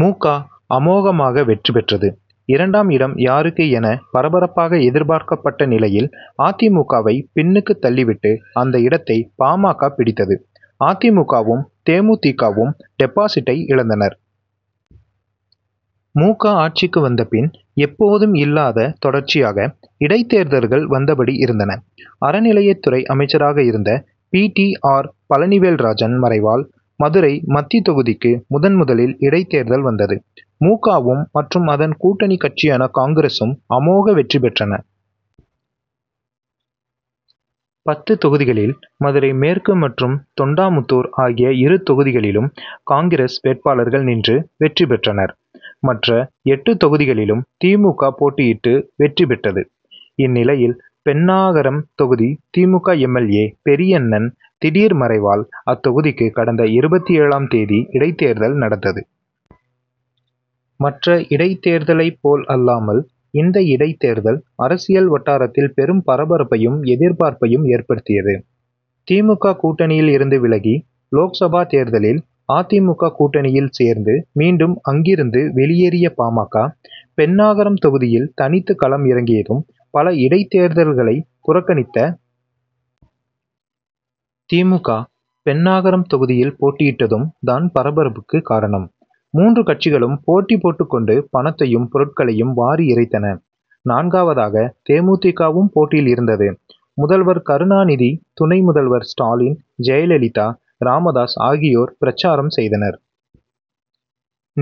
மு. க. அமோகமாக வெற்றி பெற்றது. இரண்டாம் இடம் யாருக்கு என பரபரப்பாக எதிர்பார்க்கப்பட்ட நிலையில் அ. தி. மு. க.வை பின்னுக்கு தள்ளிவிட்டு அந்த இடத்தை பா. ம. க. பிடித்தது. அ. தி. மு. க.வும் தே. மு. தி. க.வும் டெபாசிட்டை இழந்தனர். மு. க. ஆட்சிக்கு வந்த பின் எப்போதும் இல்லாத தொடர்ச்சியாக இடைத்தேர்தர்கள் வந்தபடி இருந்தன. அறநிலையத்துறை அமைச்சராக இருந்த பி. டி. ஆர். பழனிவேல்ராஜன் மறைவால் மதுரை மத்தி தொகுதிக்கு முதன் முதலில் இடைத்தேர்தல் வந்தது. மு. க.வும் மற்றும் அதன் கூட்டணி கட்சியான காங்கிரசும் அமோக வெற்றி பெற்றன. பத்து தொகுதிகளில் மதுரை மேற்கு மற்றும் தொண்டாமுத்தூர் ஆகிய இரு தொகுதிகளிலும் காங்கிரஸ் வேட்பாளர்கள் நின்று வெற்றி பெற்றனர். மற்ற எட்டு தொகுதிகளிலும் தி. மு. க. போட்டியிட்டு வெற்றி பெற்றது. இந்நிலையில் பென்னாகரம் தொகுதி தி. மு. க. எம். எல். ஏ. பெரியண்ணன் திடீர் மறைவால் அத்தொகுதிக்கு கடந்த இருபத்தேழு ஆம் தேதி இடைத்தேர்தல் நடந்தது. மற்ற இடைத்தேர்தலைப் போல் அல்லாமல் இந்த இடைத்தேர்தல் அரசியல் வட்டாரத்தில் பெரும் பரபரப்பையும் எதிர்பார்ப்பையும் ஏற்படுத்தியது. தி. மு. க. கூட்டணியில் இருந்து விலகி லோக்சபா தேர்தலில் அ. தி. மு. க. கூட்டணியில் சேர்ந்து மீண்டும் அங்கிருந்து வெளியேறிய பா. ம. க. பென்னாகரம் தொகுதியில் தனித்து களம் இறங்கியதும் பல இடைத்தேர்தல்களை புறக்கணித்த. தி. மு. க. பென்னாகரம் தொகுதியில் போட்டியிட்டதும் தான் பரபரப்புக்கு காரணம். மூன்று கட்சிகளும் போட்டி போட்டுக் கொண்டு பணத்தையும் பொருட்களையும் வாரி இறைத்தன. நான்காவதாக தே. மு. தி. க.வும் போட்டியில் இருந்தது. முதல்வர் கருணாநிதி துணை முதல்வர் ஸ்டாலின், ஜெயலலிதா, ராமதாஸ் ஆகியோர் பிரச்சாரம் செய்தனர்.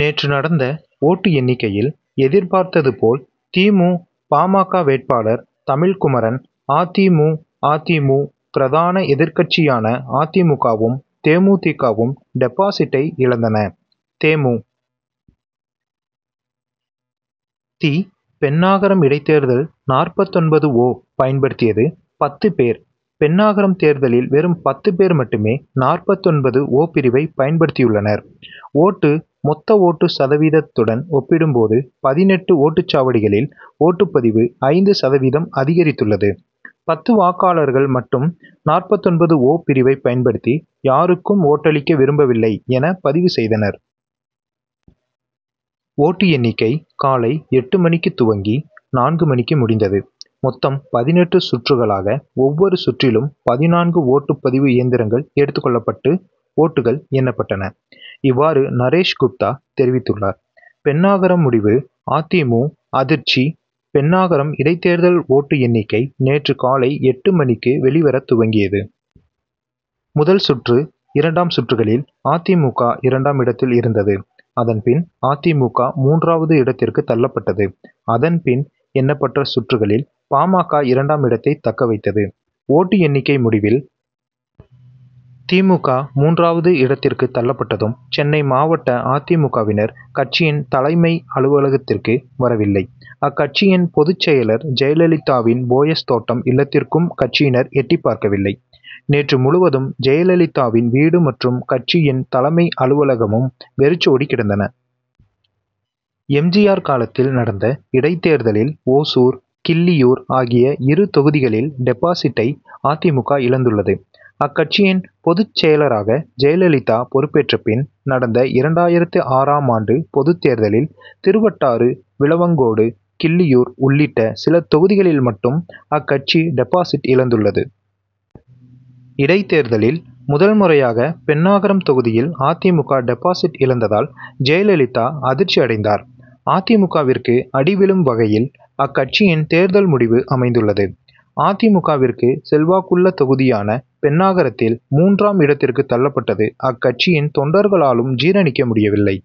நேற்று நடந்த ஓட்டு எண்ணிக்கையில் எதிர்பார்த்தது போல் தி. மு. பா. ம. க. வேட்பாளர் தமிழ்குமரன் அ. தி. மு. அ. தி. மு. பிரதான எதிர்க்கட்சியான அ. தி. மு. க.வும், தே. மு. தி. க.வும் டெபாசிட்டை இழந்தன. தே. மு. தி. பென்னாகரம் இடைத்தேர்தல் நாற்பத்தொன்பது-ஓ பயன்படுத்தியது பத்து பேர் பென்னாகரம் தேர்தலில் வெறும் பத்து பேர் மட்டுமே நாற்பத்தொன்பது -ஓ பிரிவை பயன்படுத்தியுள்ளனர். ஒட்டு மொத்த ஓட்டு சதவீதத்துடன் ஒப்பிடும் போது பதினெட்டு ஓட்டுச்சாவடிகளில் ஓட்டுப்பதிவு ஐந்து சதவீதம் அதிகரித்துள்ளது. பத்து வாக்காளர்கள் மட்டும் நாற்பத்தொன்பது -ஓ பிரிவைப் பயன்படுத்தி யாருக்கும் ஓட்டளிக்க விரும்பவில்லை என பதிவு செய்தனர். ஓட்டு எண்ணிக்கை காலை எட்டு மணிக்குத் துவங்கி நான்கு மணிக்கு முடிந்தது. மொத்தம் பதினெட்டு சுற்றுகளாக ஒவ்வொரு சுற்றிலும் பதினான்கு ஓட்டுப்பதிவு இயந்திரங்கள் எடுத்துக்கொள்ளப்பட்டு ஓட்டுகள் எண்ணப்பட்டன. இவ்வாறு நரேஷ் குப்தா தெரிவித்துள்ளார். பென்னாகரம் முடிவு அ. தி. மு. அதிர்ச்சி பென்னாகரம் இடைத்தேர்தல் ஓட்டு எண்ணிக்கை நேற்று காலை எட்டு மணிக்கு வெளிவரத் துவங்கியது. முதல் சுற்று, இரண்டாம் சுற்றுகளில் அ. தி. மு. க. இரண்டாம் இடத்தில் இருந்தது. அதன்பின் அ. தி. மு. க. மூன்றாவது இடத்திற்கு தள்ளப்பட்டது. அதன் பின் எண்ணப்பட்ட சுற்றுகளில் பா. ம. க. இரண்டாம் இடத்தை தக்க வைத்தது. ஓட்டு எண்ணிக்கை முடிவில். தி. மு. க. மூன்றாவது இடத்திற்கு தள்ளப்பட்டதும் சென்னை மாவட்ட அ. தி. மு. க.வினர் கட்சியின் தலைமை அலுவலகத்திற்கு வரவில்லை. அக்கட்சியின் பொதுச்செயலர் ஜெயலலிதாவின் போயஸ் தோட்டம் இல்லத்திற்கும் கட்சியினர் எட்டிப்பார்க்கவில்லை. நேற்று முழுவதும் ஜெயலலிதாவின் வீடு மற்றும் கட்சியின் தலைமை அலுவலகமும் வெறிச்சோடி கிடந்தன. எம். ஜி. ஆர். காலத்தில் நடந்த இடைத்தேர்தலில் ஓசூர், கிள்ளியூர் ஆகிய இரு தொகுதிகளில் டெபாசிட்டை அ. தி. மு. க. இழந்துள்ளது. அக்கட்சியின் பொதுச் செயலராக ஜெயலலிதா பொறுப்பேற்ற பின் நடந்த இரண்டாயிரத்து ஆறாம் ஆண்டு பொதுத் தேர்தலில் திருவட்டாறு, விளவங்கோடு, கிள்ளியூர் உள்ளிட்ட சில தொகுதிகளில் மட்டும் அக்கட்சி டெபாசிட் இழந்துள்ளது. இடைத்தேர்தலில் முதல்முறையாக பென்னாகரம் தொகுதியில் அ. தி. மு. க. டெபாசிட் இழந்ததால் ஜெயலலிதா அதிர்ச்சி அடைந்தார். அ. தி. மு. க.விற்கு அடி விழும் வகையில் அக்கட்சியின் தேர்தல் முடிவு அமைந்துள்ளது. அ. தி. மு. க.விற்கு செல்வாக்குள்ள தொகுதியான பென்னாகரத்தில் மூன்றாம் இடத்திற்கு தள்ளப்பட்டது அக்கட்சியின் தொண்டர்களாலும் ஜீரணிக்க முடியவில்லை.